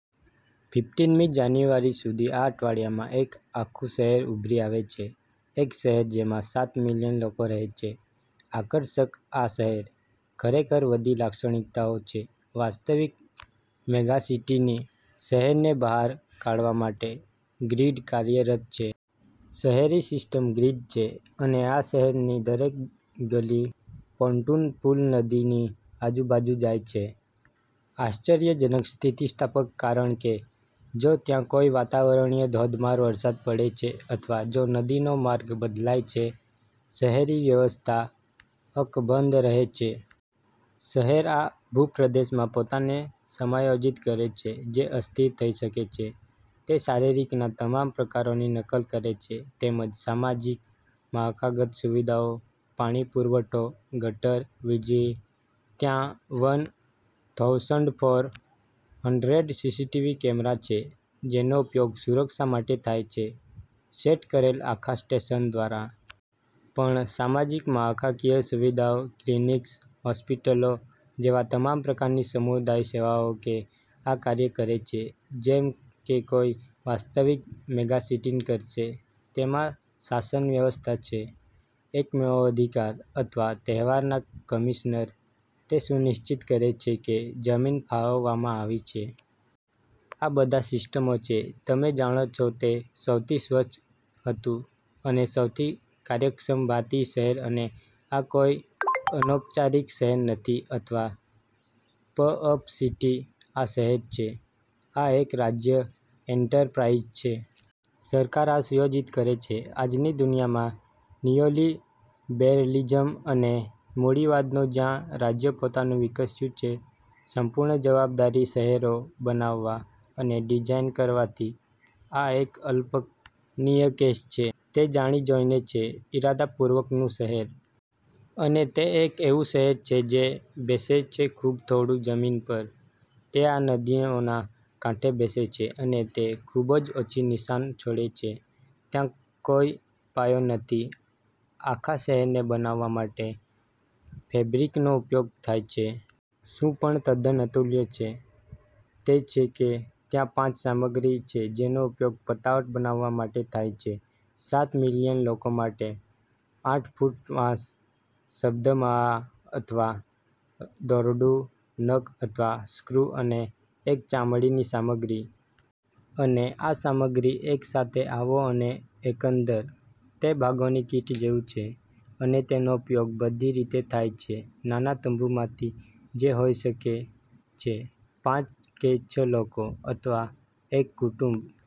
ફિફટિનમી જાન્યુઆરી સુધી આ અઠવાડિયામાં એક આખું શહેર ઉભરી આવે છે. એક શહેર જેમાં સાત મિલિયન લોકો રહે છે. આકર્ષક છે આ શહેર. ખરેખર બધી લાક્ષણિકતાઓ છે વાસ્તવિક મેગાસિટીની. શહેરને બહાર કાઢવા માટે ગ્રીડ કાર્યરત છે. શહેરી સિસ્ટમ ગ્રીડ છે અને આ શહેરની દરેક ગલી પોન્ટૂન પુલ પર નદીની આજુબાજુ જાય છે. આશ્ચર્યજનક સ્થિતિસ્થાપક કારણ કે જો ત્યાં કોઈ વાતાવરણીય ધોધમાર વરસાદ પડે છે અથવા જો નદીનો માર્ગ બદલાય છે, શહેરી વ્યવસ્થા અકબંધ રહે છે. શહેર આ ભૂપ્રદેશમાં પોતાને સમાયોજિત કરે છે જે અસ્થિર થઈ શકે છે. તે શારીરિકના તમામ પ્રકારોની નકલ કરે છે તેમજ સામાજિક, માળખાગત સુવિધાઓ. પાણી પુરવઠો, ગટર, વીજળી, ત્યાં one thousand four hundred CCTV camera છે જેનો ઉપયોગ સુરક્ષા માટે થાય છે સેટ કરેલ આખા સ્ટેશન દ્વારા. પણ સામાજિક માળખાકીય સુવિધાઓ, ક્લિનિક્સ, હોસ્પિટલો જેવા તમામ પ્રકારની સમુદાય સેવાઓ કે આ કાર્ય કરે છે જેમ કે કોઈ વાસ્તવિક મેગાસિટી કરશે. તેમાં શાસન વ્યવસ્થા છે, એક મેળો અધિકારી, અથવા તહેવારના કમિશનર. તે સુનિશ્ચિત કરે છે કે જમીન ફાળવવામાં આવી છે. આ બધા માટે સિસ્ટમો છે. તમે જાણો છો તે સૌથી સ્વચ્છ હતું અને સૌથી કાર્યક્ષમ ભારતીય શહેર અને આ કોઈ અનૌપચારિક શહેર નથી અથવા પ-અપ સિટી. આ શહેર છે. આ એક રાજ્ય એન્ટરપ્રાઇઝ છે. સરકાર આ સુયોજિત કરે છે. આજની દુનિયામાં નિયોલિબેરલિઝમ અને મૂડીવાદનો જ્યાં રાજ્ય પોતાનું વિકસ્યું છે સંપૂર્ણ જવાબદારી શહેરો બનાવવા અને ડિઝાઇન કરવાથી, આ એક અકલ્પનીય કેસ છે. તે જાણી જોઈને છે ઇરાદાપૂર્વકનું શહેર. અને તે એક એવું શહેર છે જે બેસે છે ખૂબ થોડું જમીન પર. તે આ નદીઓના કાંઠે બેસે છે અને તે ખૂબ જ ઓછી નિશાન છોડે છે. ત્યાં કોઈ પાયો નથી. આખા શહેરને બનાવવા માટે ફેબ્રિકનો ઉપયોગ થાય છે. શું પણ તદ્દન અતુલ્ય છે તે છે કે ત્યાં પાંચ સામગ્રી છે જેનો ઉપયોગ આ પતાવટ બનાવવા માટે થાય છે સાત મિલિયન લોકો માટે આઠ ફૂટ વાંસ, શબ્દમાળા અથવા દોરડું, નખ અથવા સ્ક્રૂ અને એક ચામડીની સામગ્રી. અને આ સામગ્રી એક સાથે આવો અને એકંદર. તે ભાગોની કીટ જેવું છે. અને તેનો ઉપયોગ બધી રીતે થાય છે નાના તંબુમાંથી જે હોઈ શકે છે પાંચ કે છ લોકો, અથવા એક કુટુંબ.